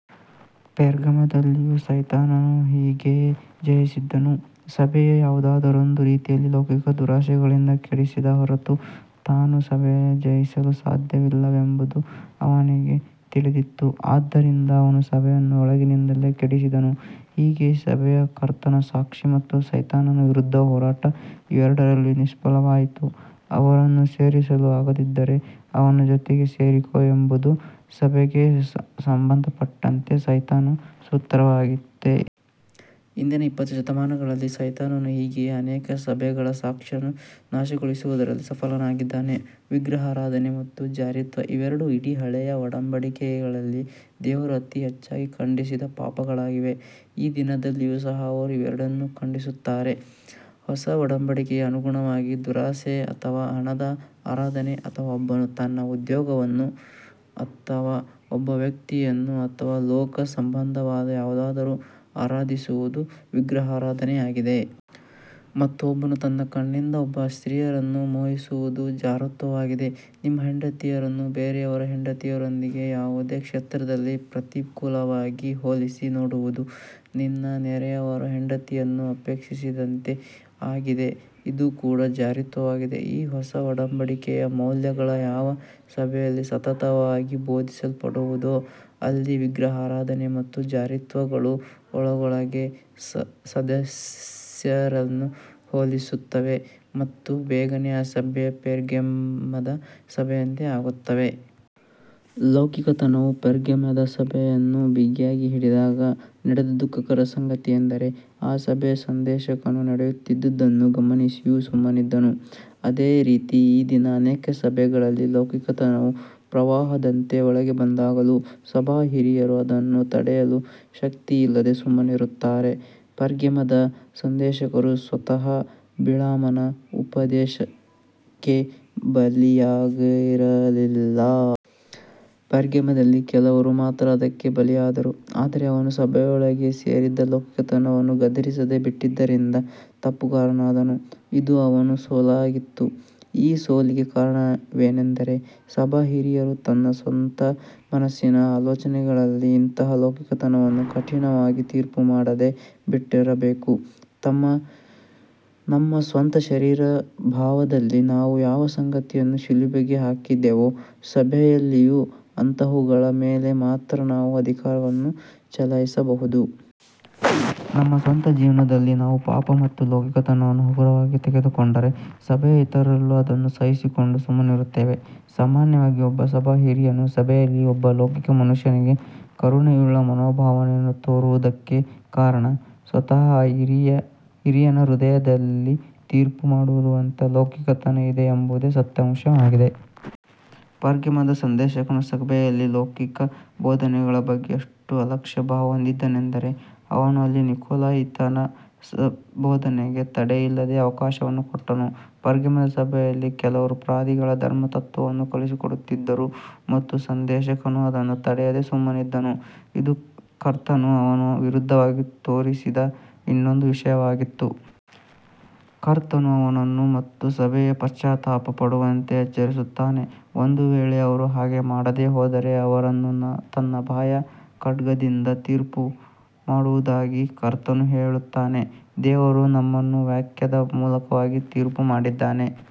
ಪೆರ್ಗಮದಲ್ಲಿಯೂ ಸೈತಾನನು ಹೀಗೆಯೇ ಜಯಗಳಿಸಿದನು. ಸಭೆಯನ್ನು ಯಾವುದಾದರೊಂದು ರೀತಿಯಲ್ಲಿ ಲೌಕಿಕ ದುರಾಶೆಗಳಿಂದ ಕೆಡಿಸದ ಹೊರತು, ತಾನು ಸಭೆಯನ್ನು ಜಯಿಸಲು ಸಾಧ್ಯವಿಲ್ಲವೆಂಬುದು ಅವನಿಗೆ ತಿಳಿದಿತ್ತು. ಆದ್ದರಿಂದ ಅವನು ಸಭೆಯನ್ನು ಒಳಗಿನಿಂದಲೇ ಕೆಡಿಸಿದನು. ಹೀಗೆ ಸಭೆಯು ಕರ್ತನ ಸಾಕ್ಷಿ ಮತ್ತು ಸೈತಾನನ ವಿರುದ್ಧ ಹೋರಾಟ, ಇವೆರಡರಲ್ಲೂ ನಿಷ್ಫಲವಾಯಿತು. "ಅವರನ್ನು ಸೋಲಿಸಲು ಆಗದಿದ್ದರೆ, ಅವರ ಜೊತೆಗೆ ಸೇರಿಕೋ," ಎಂಬುದು ಸಭೆಗೆ ಸಂಬಂಧಪಟ್ಟಂತೆ ಸೈತಾನನ ಸೂತ್ರವಾಗಿದೆ. ಹಿಂದಿನ ಇಪ್ಪತ್ತು ಶತಮಾನಗಳಲ್ಲಿ, ಸೈತಾನನು ಹೀಗೆಯೇ ಅನೇಕ ಸಭೆಗಳ ಸಾಕ್ಷಿಯನ್ನು ನಾಶಗೊಳಿಸುವುದರಲ್ಲಿ ಸಫಲನಾಗಿದ್ದಾನೆ. ವಿಗ್ರಹಾರಾಧನೆ ಮತ್ತು ಜಾರತ್ವ ಇವೆರಡು, ಇಡೀ ಹಳೆಯ ಒಡಂಬಡಿಕೆಯಲ್ಲಿ ದೇವರು ಅತಿ ಹೆಚ್ಚಾಗಿ ಖಂಡಿಸಿದ ಪಾಪಗಳಾಗಿವೆ. ಈ ದಿನದಲ್ಲಿಯೂ ಸಹ ಅವರು ಇವೆರಡನ್ನು ಖಂಡಿಸುತ್ತಾರೆ. ಹೊಸ ಒಡಂಬಡಿಕೆಗೆ ಅನುಗುಣವಾಗಿ, ದುರಾಶೆ, ಅಥವಾ ಹಣದ ಆರಾಧನೆ, ಅಥವಾ ಒಬ್ಬನು ತನ್ನ ಉದ್ಯೋಗವನ್ನು, ಒಬ್ಬ ವ್ಯಕ್ತಿಯನ್ನು ಅಥವಾ ಲೋಕ ಸಂಬಂಧವಾದ ಯಾವುದನ್ನಾದರೂ ಆರಾಧಿಸುವುದು ವಿಗ್ರಹಾರಾಧನೆಯಾಗಿದೆ. ಮತ್ತು ಒಬ್ಬನು ತನ್ನ ಕಣ್ಣಿನಿಂದ ಒಬ್ಬ ಸ್ತ್ರೀಯನ್ನು ಮೋಹಿಸುವುದು ಜಾರತ್ವವಾಗಿದೆ. ನಿಮ್ಮ ಹೆಂಡತಿಯನ್ನು ಬೇರೆಯವರ ಹೆಂಡತಿಯೊಂದಿಗೆ ಯಾವುದೇ ಕ್ಷೇತ್ರದಲ್ಲಿ ಪ್ರತಿಕೂಲವಾಗಿ ಹೋಲಿಸಿ ನೋಡುವುದು, "ನಿನ್ನ ನೆರೆಯವನ ಹೆಂಡತಿಯನ್ನು ಅಪೇಕ್ಷಿಸಿದಂತೆ" ಆಗಿದೆ. ಇದು ಕೂಡ ಜಾರತ್ವವಾಗಿದೆ. ಈ ಹೊಸ ಒಡಂಬಡಿಕೆಯ ಮೌಲ್ಯಗಳು ಯಾವ ಸಭೆಯಲ್ಲಿ ಸತತವಾಗಿ ಬೋಧಿಸಲ್ಪಡುವುದಿಲ್ಲವೋ, ಅಲ್ಲಿ ವಿಗ್ರಹಾರಾಧನೆ ಮತ್ತು ಜಾರತ್ವಗಳು ಒಳಗೊಳಗೇ ಸದಸ್ಯರನ್ನು ಸೋಲಿಸುತ್ತವೆ ಮತ್ತು ಬೇಗನೆ ಆ ಸಭೆಯು ಪೆರ್ಗಮದ ಸಭೆಯಂತೆ ಆಗುತ್ತದೆ. ಲೌಕಿಕತನವು ಪೆರ್ಗಮದ ಸಭೆಯನ್ನು ಬಿಗಿಯಾಗಿ ಹಿಡಿದಾಗ ನಡೆದ ದುಃಖಕರ ಸಂಗತಿಯೆಂದರೆ, ಆ ಸಭೆಯ ಸಂದೇಶಕನು ನಡೆಯುತ್ತಿದ್ದುದನ್ನು ಗಮನಿಸಿಯೂ ಸುಮ್ಮನಿದ್ದನು. ಅದೇ ರೀತಿ ಈ ದಿನ ಅನೇಕ ಸಭೆಗಳಲ್ಲಿ, ಲೌಕಿಕತನವು ಪ್ರವಾಹದಂತೆ ಒಳಗೆ ಬಂದಾಗಲೂ, ಸಭಾ ಹಿರಿಯರು ಅದನ್ನು ತಡೆಯುವ ಶಕ್ತಿಯಿಲ್ಲದೆ ಸುಮ್ಮನಿರುತ್ತಾರೆ. ಪೆರ್ಗಮದ ಸಂದೇಶಕನು ಸ್ವತಃ ಬಿಳಾಮನ ಉಪದೇಶಕ್ಕೆ ಬಲಿಯಾಗಿರಲಿಲ್ಲ. ಪೆರ್ಗಮದಲ್ಲಿ "ಕೆಲವರು" ಮಾತ್ರ ಅದಕ್ಕೆ ಬಲಿಯಾಗಿದ್ದರು. ಆದರೆ ಅವನು ಸಭೆಯೊಳಗೆ ಸೇರಿದ್ದ ಲೌಕಿಕತನವನ್ನು ಗದರಿಸದೇ ಬಿಟ್ಟದ್ದರಿಂದ ತಪ್ಪುಗಾರನಾದನು. ಇದು ಅವನ ಸೋಲಾಗಿತ್ತು. ಈ ಸೋಲಿಗೆ ಕಾರಣವೇನೆಂದರೆ, ಸಭಾಹಿರಿಯನು ತನ್ನ ಸ್ವಂತ ಮನಸ್ಸಿನ ಅಲೋಚನೆಗಳಲ್ಲಿ ಇಂತಹ ಲೌಕಿಕತನವನ್ನು ಕಠಿಣವಾಗಿ ತೀರ್ಪು ಮಾಡದೇ ಬಿಟ್ಟಿರಬೇಕು. ನಮ್ಮ ಸ್ವಂತ ಶರೀರಭಾವದಲ್ಲಿ ನಾವು ಯಾವ ಸಂಗತಿಗಳನ್ನು ಶಿಲುಬೆಗೆ ಹಾಕಿದ್ದೇವೋ, ಸಭೆಯಲ್ಲಿಯೂ ಅಂಥವುಗಳ ಮೇಲೆ ಮಾತ್ರ ನಾವು ಅಧಿಕಾರವನ್ನು ಚಲಾಯಿಸಬಹುದು. ನಮ್ಮ ಸ್ವಂತ ಜೀವನದಲ್ಲಿ ನಾವು ಪಾಪ ಮತ್ತು ಲೌಕಿಕತನವನ್ನು ಹಗುರವಾಗಿ ತೆಗೆದುಕೊಂಡರೆ, ಸಭೆಯ ಇತರರಲ್ಲೂ ಅದನ್ನು ಸಹಿಸಿಕೊಂಡು ಸುಮ್ಮನಿರುತ್ತೇವೆ. ಸಾಮಾನ್ಯವಾಗಿ ಒಬ್ಬ ಸಭಾ ಹಿರಿಯನು ಸಭೆಯಲ್ಲಿ ಒಬ್ಬ ಲೌಕಿಕ ಮನುಷ್ಯನಿಗೆ "ಕರುಣೆಯುಳ್ಳ" ಮನೋಭಾವವನ್ನು ತೋರುವುದಕ್ಕೆ ಕಾರಣ, ಸ್ವತಃ ಆ ಹಿರಿಯನ ಹೃದಯದಲ್ಲಿ ತೀರ್ಪು ಮಾಡದಿರುವಂತ ಲೌಕಿಕತನ ಇದೆಯೆಂಬ ಸತ್ಯಾಂಶವೇ ಆಗಿದೆ. ಪೆರ್ಗಮದ ಸಂದೇಶಕನು ಸಭೆಯಲ್ಲಿ ಲೌಕಿಕ ಬೋಧನೆಗಳ ಬಗ್ಗೆ ಎಷ್ಟು ಅಲಕ್ಷ್ಯಭಾವ ಹೊಂದಿದ್ದನೆಂದರೆ, ಅವನು ಅಲ್ಲಿ ನಿಕೊಲಾಯಿತರ ಬೋಧನೆಗೆ ತಡೆಯಿಲ್ಲದ ಅವಕಾಶವನ್ನು ಕೊಟ್ಟನು. ಪೆರ್ಗಮದ ಸಭೆಯಲ್ಲಿ ಕೆಲವರು ಪಾದ್ರಿಗಳ ಧರ್ಮತತ್ವವನ್ನು ಕಲಿಸಿಕೊಡುತ್ತಿದ್ದರು! ಮತ್ತು ಸಂದೇಶಕನು ಅದನ್ನು ತಡೆಯದೇ ಸುಮ್ಮನಿದ್ದನು. ಇದು ಕರ್ತನು ಅವನ ವಿರುದ್ಧವಾಗಿ ತೋರಿಸಿದ ಇನ್ನೊಂದು ವಿಷಯವಾಗಿತ್ತು. ಕರ್ತನು ಅವನನ್ನು ಮತ್ತು ಸಭೆಯನ್ನು ಪಶ್ಚಾತ್ತಾಪ ಪಡುವಂತೆ ಎಚ್ಚರಿಸುತ್ತಾನೆ. ಒಂದು ವೇಳೆ ಅವರು ಹಾಗೆ ಮಾಡದೇ ಹೋದರೆ, ಅವರನ್ನು ತನ್ನ ಬಾಯ ಖಡ್ಗದಿಂದ ತೀರ್ಪು ಮಾಡುವುದಾಗಿ ಕರ್ತನು ಹೇಳುತ್ತಾನೆ. ದೇವರು ನಮ್ಮನ್ನು ವಾಕ್ಯದ ಮೂಲಕವಾಗಿ ತೀರ್ಪು ಮಾಡುತ್ತಾರೆ.